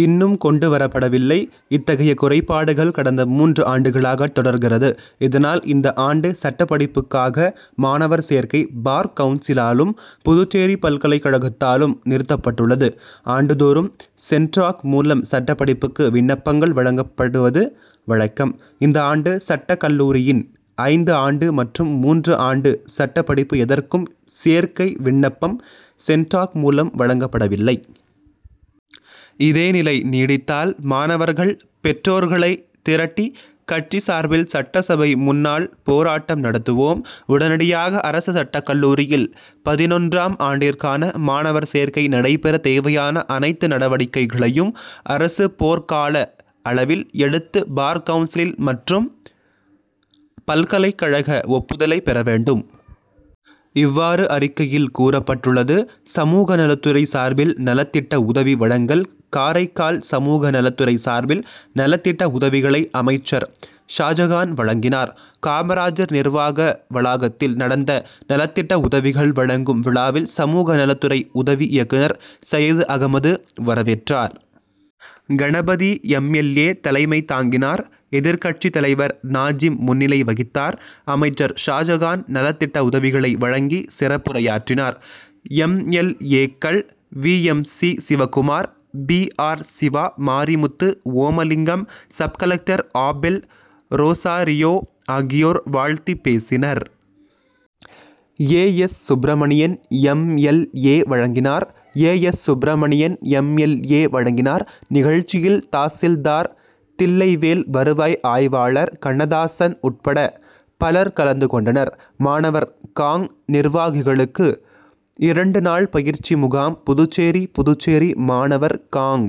இன் னும் கொண்டு வரப்படவில்லை. இத்தகைய குறைபாடுகள் கடந்த மூன்று ஆண்டுகளாக தொடர்கிறது. இதனால் இந்த ஆண்டு சட்ட படிப்புக்காக மாணவர் சேர்க்கை பார் கவுன்சிலாலும், புதுச்சேரி பல்கலைக் கழகத்தாலும் நிறுத்தப்பட்டுள்ளது. ஆண்டுதோறும் சென்டாக் மூலம் சட்டப் படிப்புக்கு விண்ணப்பங்கள் வழங்கப்படுவது வழக்கம். இந்த ஆண்டு சட்ட கல்லூரியின் ஐந்து ஆண்டு மற்றும் மூன்று ஆண்டு சட்ட படிப்பு எதற்கும் சேர்க்கை விண்ணப் பம் சென்டாக் மூலம் வழங்கப்படவில்லை. இதே நிலை நீடித்தால் மாணவர்கள், பெற்றோர்களை திரட்டி கட்சி சார்பில் சட்டசபை முன்னால் பேராட்டம் நடத்துவோம். உடனடியாக அரசு சட்டக்கல்லூரியில் பதினொன்றாம் ஆண்டிற்கான மாணவர் சேர்க்கை நடைபெற தேவையான அனைத்து நடவடிக்கைகளையும் அரசு போர்க்கால அளவில் எடுத்து பார்கவுன்சில் மற்றும் பல்கலைக் கழக ஒப்புதலை பெற வேண்டும். இவ்வாறு அறிக்கையில் கூறப் பட்டுள்ளது. சமூக நலத்துறை சார்பில் நலத்திட்ட உதவி வழங்கல் காரைக்கால் சமூக நலத்துறை சார்பில் நலத்திட்ட உதவிகளை அமைச்சர் ஷாஜகான் வழங்கினார். காமராஜர் நிர்வாக வளாகத்தில் நடந்த நலத்திட்ட உதவிகள் வழங்கும் விழாவில் சமூக நலத்துறை உதவி இயக்குநர் சையது அகமது வரவேற் றார். கணபதி எம். எல். ஏ., தலைமை தாங்கினார். எதிர்க்கட்சி தலைவர் நாஜிம் முன்னிலை வகித் தார். அமைச்சர் ஷாஜகான் நலத்திட்ட உதவிகளை வழங்கி, சிறப்புரையாற்றினார். எம். எல். ஏ.,க்கள் V. M. C. Sivakumar, P. R. Siva, Marimuthu, Omalingam, sub collector Abel Rosario ஆகியோர் வாழ்த்திப் பேசினர். A. S. Subramanian M. L. A., வழங்கினார். A. S. Subramanian M. L. A., வழங்கினார். நிகழ்ச்சியில் தாசில்தார் தில்லைவேல், வருவாய் ஆய்வாளர் கண்ணதாசன் உட்பட பலர் கலந்து கொண்டனர். மாணவர் காங்., நிர்வாகிகளுக்கு இரண்டு நாள் பயிற்சி முகாம் புதுச்சேரி புதுச்சேரி மாணவர் காங்.,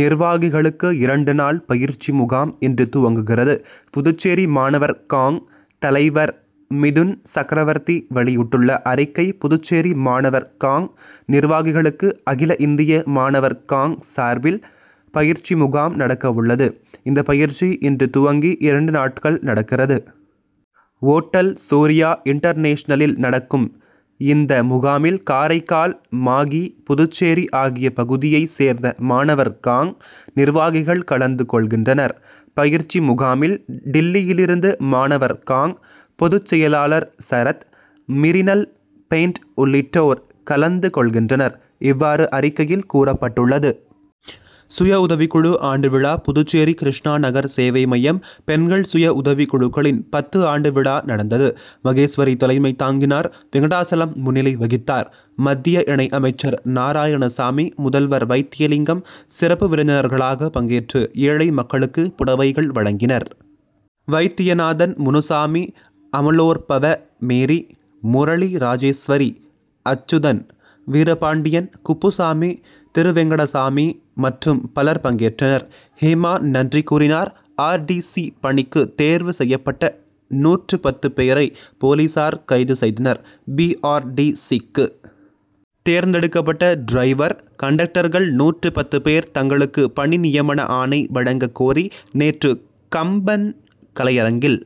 நிர்வாகிகளுக்கு இரண்டு நாள் பயிற்சி முகாம் இன்று துவங்குகிறது. புதுச்சேரி மாணவர் காங்., தலைவர் மிதுன் சக்ரவர்த்தி வெளியிட்டுள்ள அறிக்கை புதுச்சேரி மாணவர் காங்., நிர்வாகிகளுக்கு அகில இந்திய மாணவர் காங்., சார்பில் பயிற்சி முகாம் நடக்கவுள்ளது. இந்த பயிற்சி இன்று துவங்கி இரண்டு நாட்கள் நடக்கிறது. ஓட்டல் சூரியா இன்டர் நேஷனலில் நடக்கும் இந்த முகாமில் காரைக்கால், மாகி, புதுச்சேரி ஆகிய பகுதியைச் சேர்ந்த மாணவர் காங்., நிர்வாகிகள் கலந்து கொள்கின்றனர். பயிற்சி முகாமில் டில்லியிலிருந்து மாணவர் காங்., பொதுச் செயலாளர் சரத், மிரினல் பேன்ட் உள்ளிட்டோர் கலந்து கொள்கின்றனர். இவ்வாறு அறிக்கையில் கூறப்பட்டுள்ளது. சுய உதவிக்குழு ஆண்டு விழா புதுச்சேரி கிருஷ்ணா நகர் சேவை மையம், பெண்கள் சுய உதவி குழுக்களின் பத்து ஆண்டு விழா நடந்தது. மகேஸ்வரி தலைமை தாங்கினார். வெங்கடாசலம் முன்னிலை வகித்தார். மத்திய இணை அமைச்சர் நாராயணசாமி, முதல்வர் வைத்திலிங்கம் சிறப்பு விருந்தினர்களாக பங் கேற்று, ஏழை மக்களுக்கு புடவைகள் வழங்கினர். வைத்தியநாதன், முனுசாமி, அமலோற்பவ மேரி, முரளி, ராஜேஸ்வரி அச்சுதன், வீரபாண்டியன், குப்பு சாமி, திருவெங்கடசாமி மற்றும் பலர் பங்கேற்றனர். ஹேமா நன்றி கூறினார். ஆர். டி. சி., பணிக்கு தேர்வு செய்யப்பட்ட நூற்று பத்து பேரை போலீசார் கைது செய்தனர். பி. ஆர். டி. சி.,க்கு தேர்ந்தெடுக்கப்பட்ட டிரைவர், கண்டக்டர்கள் நூற்று பத்து பேர் தங்களுக்கு பணி நியமண ஆணை வழங்கக் கோரி, நேற்று கம்பன் கலையரங்கில்